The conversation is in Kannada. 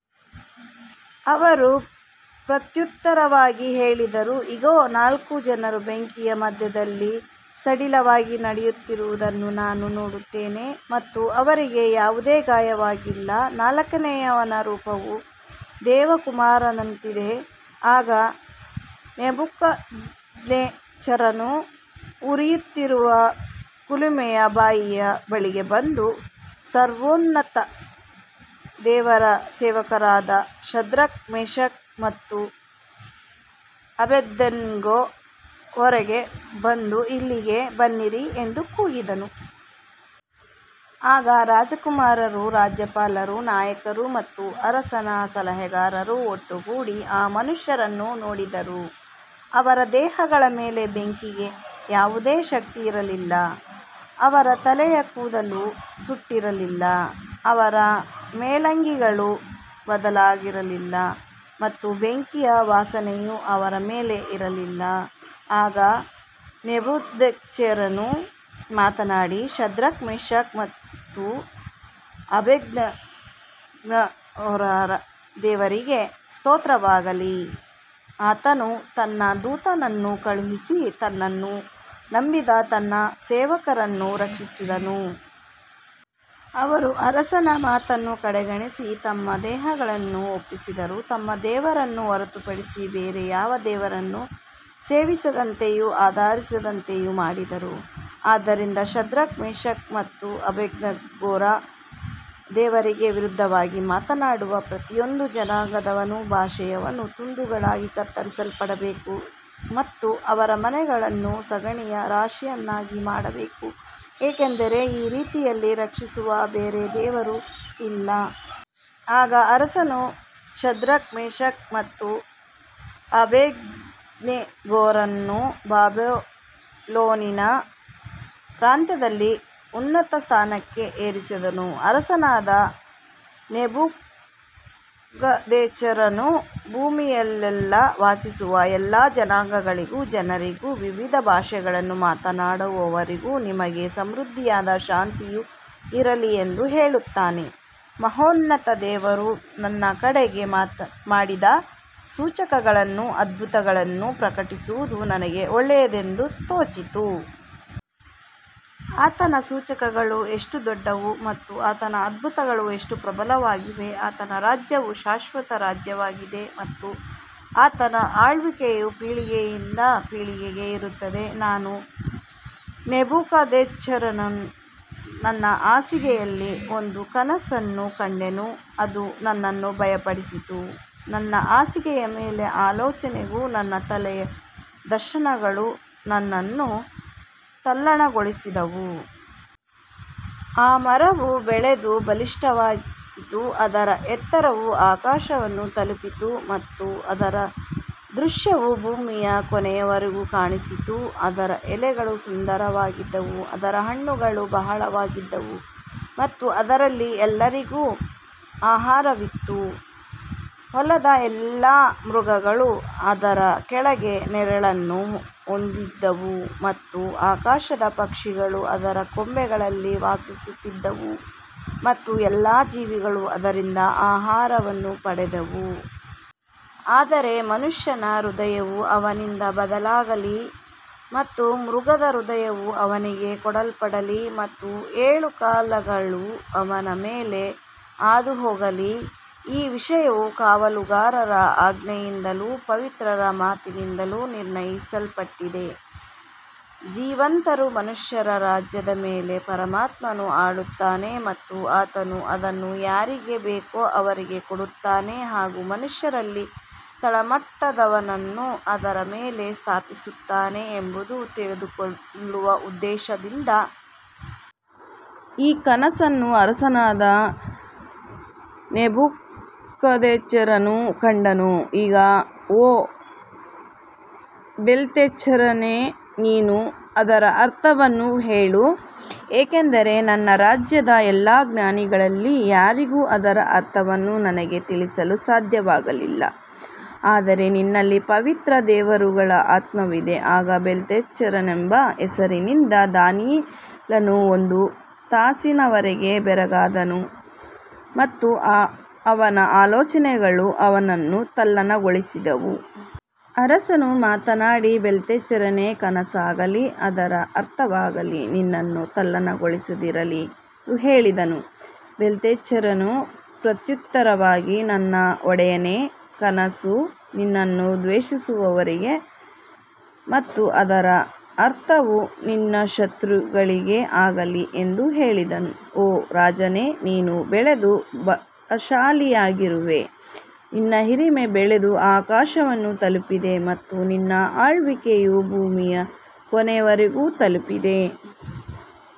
ಅವರು ಪ್ರತ್ಯುತ್ತರವಾಗಿ ಹೇಳಿದರು, ಇಗೋ, ನಾಲ್ಕು ಜನರು ಬೆಂಕಿಯ ಮಧ್ಯದಲ್ಲಿ ಸಡಿಲವಾಗಿ ನಡೆಯುತ್ತಿರುವುದನ್ನು ನಾನು ನೋಡುತ್ತೇನೆ ಮತ್ತು ಅವರಿಗೆ ಯಾವುದೇ ಗಾಯವಾಗಿಲ್ಲ, ನಾಲ್ಕನೆಯವನ ರೂಪವು ದೇವಕುಮಾರನಂತಿದೆ. ಆಗ ನೆಬೂಕದ್ನೆಚ್ಚರನು ಉರಿಯುತ್ತಿರುವ ಕುಲುಮೆಯ ಬಾಯಿಯ ಬಳಿಗೆ ಬಂದು, ಸರ್ವೋನ್ನತ ದೇವರ ಸೇವಕರಾದ ಶದ್ರಕ್, ಮೇಷಕ್ ಮತ್ತು ಅಬೇದ್ನೆಗೋ, ಹೊರಗೆ ಬಂದು ಇಲ್ಲಿಗೆ ಬನ್ನಿರಿ ಎಂದು ಕೂಗಿದನು. ಆಗ ರಾಜಕುಮಾರರು, ರಾಜ್ಯಪಾಲರು, ನಾಯಕರು ಮತ್ತು ಅರಸನ ಸಲಹೆಗಾರರು ಒಟ್ಟುಗೂಡಿ ಆ ಮನುಷ್ಯರನ್ನು ನೋಡಿದರು. ಅವರ ದೇಹಗಳ ಮೇಲೆ ಬೆಂಕಿಗೆ ಯಾವುದೇ ಶಕ್ತಿಯಿರಲಿಲ್ಲ, ಅವರ ತಲೆಯ ಕೂದಲು ಸುಟ್ಟಿರಲಿಲ್ಲ, ಅವರ ಮೇಲಂಗಿಗಳು ಬದಲಾಗಿರಲಿಲ್ಲ ಮತ್ತು ಬೆಂಕಿಯ ವಾಸನೆಯೂ ಅವರ ಮೇಲೆ ಇರಲಿಲ್ಲ. ಆಗ ನೆಬೂಕದ್ನೆಚ್ಚರನು ಮಾತನಾಡಿ, ಶದ್ರಕ್, ಮೇಷಕ್ ಮತ್ತು ಅಬೇದ್ನೆಗೋರ ದೇವರಿಗೆ ಸ್ತೋತ್ರವಾಗಲಿ, ಆತನು ತನ್ನ ದೂತನನ್ನು ಕಳುಹಿಸಿ ತನ್ನನ್ನು ನಂಬಿದ ತನ್ನ ಸೇವಕರನ್ನು ರಕ್ಷಿಸಿದನು. ಅವರು ಅರಸನ ಮಾತನ್ನು ಕಡೆಗಣಿಸಿ ತಮ್ಮ ದೇಹಗಳನ್ನು ಒಪ್ಪಿಸಿದರು, ತಮ್ಮ ದೇವರನ್ನು ಹೊರತುಪಡಿಸಿ ಬೇರೆ ಯಾವ ದೇವರನ್ನೂ ಸೇವಿಸದಂತೆಯೂ ಆರಾಧಿಸದಂತೆಯೂ ಮಾಡಿದರು. ಆದ್ದರಿಂದ ಶದ್ರಕ್, ಮೇಷಕ್ ಮತ್ತು ಅಬೇದ್ನೆಗೋರ ದೇವರಿಗೆ ವಿರುದ್ಧವಾಗಿ ಮಾತನಾಡುವ ಪ್ರತಿಯೊಂದು ಜನಾಂಗದವನೂ ಭಾಷೆಯವನೂ ತುಂಡುಗಳಾಗಿ ಕತ್ತರಿಸಲ್ಪಡಬೇಕು ಮತ್ತು ಅವರ ಮನೆಗಳನ್ನು ಸಗಣಿಯ ರಾಶಿಯನ್ನಾಗಿ ಮಾಡಬೇಕು, ಏಕೆಂದರೆ ಈ ರೀತಿಯಲ್ಲಿ ರಕ್ಷಿಸುವ ಬೇರೆ ದೇವರು ಇಲ್ಲ. ಆಗ ಅರಸನು ಶದ್ರಕ್, ಮೇಷಕ್ ಮತ್ತು ಅಬೇದ್ನೆಗೋರನ್ನು ಬಾಬಿಲೋನಿನ ಪ್ರಾಂತ್ಯದಲ್ಲಿ ಉನ್ನತ ಸ್ಥಾನಕ್ಕೆ ಏರಿಸಿದನು. ಅರಸನಾದ ನೆಬೂಕದ್ನೆಚ್ಚರನು ಭೂಮಿಯಲ್ಲೆಲ್ಲಾ ವಾಸಿಸುವ ಎಲ್ಲಾ ಜನಾಂಗಗಳಿಗೂ ಜನರಿಗೂ ವಿವಿಧ ಭಾಷೆಗಳನ್ನು ಮಾತನಾಡುವವರಿಗೂ, ನಿಮಗೆ ಸಮೃದ್ಧಿಯಾದ ಶಾಂತಿಯು ಇರಲಿ ಎಂದು ಹೇಳುತ್ತಾನೆ. ಮಹೋನ್ನತ ದೇವರು ನನ್ನ ಕಡೆಗೆ ಮಾಡಿದ ಸೂಚಕಗಳನ್ನೂ ಅದ್ಭುತಗಳನ್ನೂ ಪ್ರಕಟಿಸುವುದು ನನಗೆ ಒಳ್ಳೆಯದೆಂದು ತೋಚಿತು. ಆತನ ಸೂಚಕಗಳು ಎಷ್ಟು ದೊಡ್ಡವು ಮತ್ತು ಆತನ ಅದ್ಭುತಗಳು ಎಷ್ಟು ಪ್ರಬಲವಾಗಿವೆ. ಆತನ ರಾಜ್ಯವು ಶಾಶ್ವತ ರಾಜ್ಯವಾಗಿದೆ ಮತ್ತು ಆತನ ಆಳ್ವಿಕೆಯು ಪೀಳಿಗೆಯಿಂದ ಪೀಳಿಗೆಗೆ ಇರುತ್ತದೆ. ನಾನು ನೆಬೂಕದ್ನೆಚ್ಚರನು ನನ್ನ ಹಾಸಿಗೆಯಲ್ಲಿ ಒಂದು ಕನಸನ್ನು ಕಂಡೆನು, ಅದು ನನ್ನನ್ನು ಭಯಪಡಿಸಿತು. ನನ್ನ ಹಾಸಿಗೆಯ ಮೇಲಿನ ಆಲೋಚನೆಗಳೂ ನನ್ನ ತಲೆಯ ದರ್ಶನಗಳೂ ನನ್ನನ್ನು ತಲ್ಲಣಗೊಳಿಸಿದವು. ಆ ಮರವು ಬೆಳೆದು ಬಲಿಷ್ಠವಾಯಿತು, ಅದರ ಎತ್ತರವು ಆಕಾಶವನ್ನು ತಲುಪಿತು ಮತ್ತು ಅದರ ದೃಶ್ಯವು ಭೂಮಿಯ ಕೊನೆಯವರೆಗೂ ಕಾಣಿಸಿತು. ಅದರ ಎಲೆಗಳು ಸುಂದರವಾಗಿದ್ದವು, ಅದರ ಹಣ್ಣುಗಳು ಬಹಳವಾಗಿದ್ದವು ಮತ್ತು ಅದರಲ್ಲಿ ಎಲ್ಲರಿಗೂ ಆಹಾರವಿತ್ತು. ಹೊಲದ ಎಲ್ಲಾ ಮೃಗಗಳು ಅದರ ಕೆಳಗೆ ನೆರಳನ್ನು ಹೊಂದಿದ್ದವು ಮತ್ತು ಆಕಾಶದ ಪಕ್ಷಿಗಳು ಅದರ ಕೊಂಬೆಗಳಲ್ಲಿ ವಾಸಿಸುತ್ತಿದ್ದವು ಮತ್ತು ಎಲ್ಲಾ ಜೀವಿಗಳು ಅದರಿಂದ ಆಹಾರವನ್ನು ಪಡೆದವು. ಆದರೆ ಮನುಷ್ಯನ ಹೃದಯವು ಅವನಿಂದ ಬದಲಾಗಲಿ ಮತ್ತು ಮೃಗದ ಹೃದಯವು ಅವನಿಗೆ ಕೊಡಲ್ಪಡಲಿ ಮತ್ತು ಏಳು ಕಾಲಗಳು ಅವನ ಮೇಲೆ ಹಾದುಹೋಗಲಿ. ಈ ವಿಷಯವು ಕಾವಲುಗಾರರ ಆಜ್ಞೆಯಿಂದಲೂ ಪವಿತ್ರರ ಮಾತಿನಿಂದಲೂ ನಿರ್ಣಯಿಸಲ್ಪಟ್ಟಿದೆ, ಜೀವಂತರು ಮನುಷ್ಯರ ರಾಜ್ಯದ ಮೇಲೆ ಪರಮಾತ್ಮನು ಆಳುತ್ತಾನೆ ಮತ್ತು ಆತನು ಅದನ್ನು ಯಾರಿಗೆ ಬೇಕೋ ಅವರಿಗೆ ಕೊಡುತ್ತಾನೆ ಹಾಗೂ ಮನುಷ್ಯರಲ್ಲಿ ತಳಮಟ್ಟದವನನ್ನು ಅದರ ಮೇಲೆ ಸ್ಥಾಪಿಸುತ್ತಾನೆ ಎಂಬುದನ್ನು ತಿಳಿದುಕೊಳ್ಳುವ ಉದ್ದೇಶದಿಂದ. ಈ ಕನಸನ್ನು ಅರಸನಾದ ನೆಬೂಕದ್ನೆಚ್ಚರನು ಕಂಡನು. ಈಗ ಓ ಬೆಲ್ತೆಶಚ್ಚರನೇ, ನೀನು ಅದರ ಅರ್ಥವನ್ನು ಹೇಳು, ಏಕೆಂದರೆ ನನ್ನ ರಾಜ್ಯದ ಎಲ್ಲಾ ಜ್ಞಾನಿಗಳಲ್ಲಿ ಯಾರಿಗೂ ಅದರ ಅರ್ಥವನ್ನು ನನಗೆ ತಿಳಿಸಲು ಸಾಧ್ಯವಾಗಲಿಲ್ಲ. ಆದರೆ ನಿನ್ನಲ್ಲಿ ಪವಿತ್ರ ದೇವರುಗಳ ಆತ್ಮವಿದೆ. ಆಗ ಬೆಲ್ತೆಶಚ್ಚರನೆಂಬ ಹೆಸರಿನ ದಾನಿಯೇಲನು ಒಂದು ತಾಸಿನವರೆಗೆ ಬೆರಗಾದನು ಮತ್ತು ಅವನ ಆಲೋಚನೆಗಳು ಅವನನ್ನು ತಲ್ಲಣಗೊಳಿಸಿದವು. ಅರಸನು ಮಾತನಾಡಿ, ಬೆಲ್ತೆಶಚ್ಚರನೇ, ಕನಸಾಗಲಿ ಅದರ ಅರ್ಥವಾಗಲಿ ನಿನ್ನನ್ನು ತಲ್ಲಣಗೊಳಿಸದಿರಲಿ ಎಂದು ಹೇಳಿದನು. ಬೆಲ್ತೆಶಚ್ಚರನು ಪ್ರತ್ಯುತ್ತರವಾಗಿ, ನನ್ನ ಒಡೆಯನೇ, ಕನಸು ನಿನ್ನನ್ನು ದ್ವೇಷಿಸುವವರಿಗೆ ಮತ್ತು ಅದರ ಅರ್ಥವು ನಿನ್ನ ಶತ್ರುಗಳಿಗೆ ಆಗಲಿ ಎಂದು ಹೇಳಿದನು. ಓ ರಾಜನೇ, ನೀನು ಬೆಳೆದು ಬಲಶಾಲಿಯಾಗಿರುವೆ, ನಿನ್ನ ಹಿರಿಮೆ ಬೆಳೆದು ಆಕಾಶವನ್ನು ತಲುಪಿದೆ ಮತ್ತು ನಿನ್ನ ಆಳ್ವಿಕೆಯು ಭೂಮಿಯ ಕೊನೆಯವರೆಗೂ ತಲುಪಿದೆ.